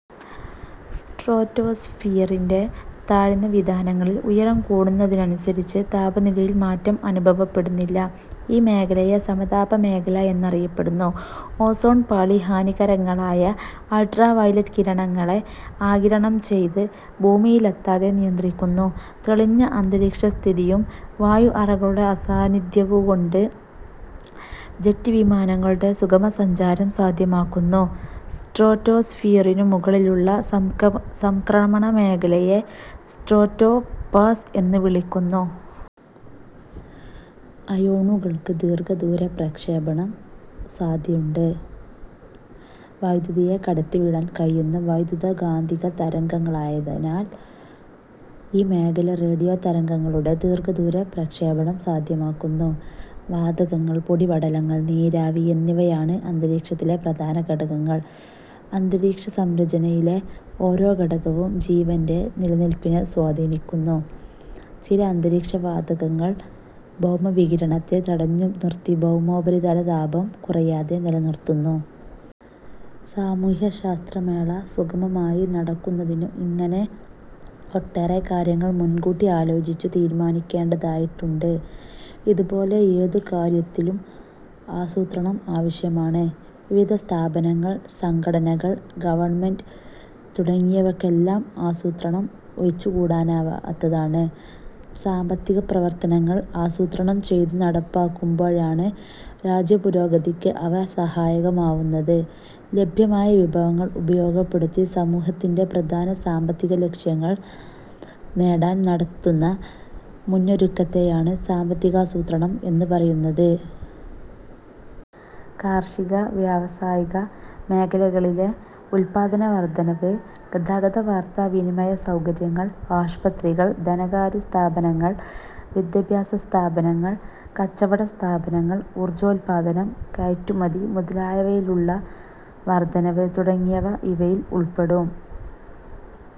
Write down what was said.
സ്ട്രാറ്റോസ്ഫിയറിന്റെ താഴ്ന്ന വിതാനങ്ങളിൽ ഉയരം കൂടുന്നതിനനുസരിച്ച് താപനിലയിൽ മാറ്റം അനുഭവപ്പെടുന്നില്ല. ഈ മേഖലയെ സമതാപമേഖല എന്നറിയപ്പെടുന്നു. ഓസോൺ പാളി ഹാനികരങ്ങളായ അൾട്രാവയലറ്റ് കിരണങ്ങളെ ആഗിരണം ചെയ്ത് ഭൂമിയിലെത്താതെ നിയന്ത്രിക്കുന്നു. തെളിഞ്ഞ അന്തരീക്ഷസ്ഥിതിയും വായു അറകളുടെ അസാന്നിധ്യവുകൊണ്ട് ജറ്റ് വിമാനങ്ങളുടെ സുഗമസഞ്ചാരം സാധ്യമാക്കുന്നു. സ്ട്രാറ്റോസ്ഫിയറിനു മുകളിലുള്ള സംക്രമണമേഖലയെ സ്ട്രാറ്റോ പാസ് എന്നു വിളിക്കുന്നു. അയോണുകൾക്ക് ദീർഘദൂര പ്രക്ഷേപണം സാധ്യയുണ്ട്. വൈദ്യുതിയെ കടത്തിവിടാൻ കഴിയുന്ന വൈദ്യുത കാന്തിക തരംഗങ്ങളായതിനാൽ ഈ മേഖല റേഡിയോതരംഗങ്ങളുടെ ദീർഘദൂര പ്രക്ഷേപണം സാധ്യമാക്കുന്നു. വാതകങ്ങൾ, പൊടിപടലങ്ങൾ, നീരാവി എന്നിവയാണ് അന്തരീക്ഷത്തിലെ പ്രധാന ഘടകങ്ങൾ. അന്തരീക്ഷസംരചനയിലെ ഓരോ ഘടകവും ജീവന്റെ നിലനിൽപ്പിനെ സ്വാധീനിക്കുന്നു. ചില അന്തരീക്ഷവാതകങ്ങൾ ഭൗമവികിരണത്തെ തടഞ്ഞു നിർത്തി ഭൗമോപരിതലതാപം കുറയാതെ നിലനിർത്തുന്നു. സാമൂഹ്യശാസ്ത്രമേള സുഗമമായി നടക്കുന്നതിന് ഇങ്ങനെ ഒട്ടേറെ കാര്യങ്ങൾ മുൻകൂട്ടി ആലോചിച്ചു തീരുമാനിക്കേണ്ടതായിട്ടുണ്ട്. ഇതു പോലെ ഏതു കാര്യത്തിനും ആസൂത്രണം ആവശ്യമാണ്. വിവിധ സ്ഥാപനങ്ങൾ, സംഘടനകൾ, ഗവൺമെന്റ് തുടങ്ങിയവയ്ക്കെല്ലാം ആസൂത്രണം ഒഴിച്ചുകൂടാനാവാത്തതാണ്. സാമ്പത്തിക പ്രവർത്തനങ്ങൾ, ആസൂത്രണം ചെയ്തു നടപ്പാക്കുമ്പോഴാണ് രാജ്യപുരോഗതിയ്ക്ക് അവ സഹായകമാവുന്നത്. ലഭ്യമായ വിഭവങ്ങൾ ഉപയോഗപ്പെടുത്തി സമൂഹത്തിന്റെ പ്രധാന സാമ്പത്തികലക്ഷ്യങ്ങൾ നേടാൻ നടത്തുന്ന മുന്നൊരുക്കത്തെ യാണ് സാമ്പത്തികാസൂത്രണം എന്നു പറയുന്നത്. കാർഷിക- വ്യാവസായിക മേഖലകളിലെ ഉല്പാദനവർധനവ്, ഗതാഗത വാർത്താ വിനിമയ സൗകര്യങ്ങൾ, ആശുപത്രികൾ, ധനകാര്യസ്ഥാപനങ്ങൾ, വിദ്യാഭ്യാസ സ്ഥാപനങ്ങൾ, കച്ചവട സ്ഥാപനങ്ങൾ, ഊർജോൽപ്പാദനം, കയറ്റുമതി മുതലായവയിലുള്ള വർധനവ് തുടങ്ങിയവ ഇവയിൽ ഉൾപ്പെടും.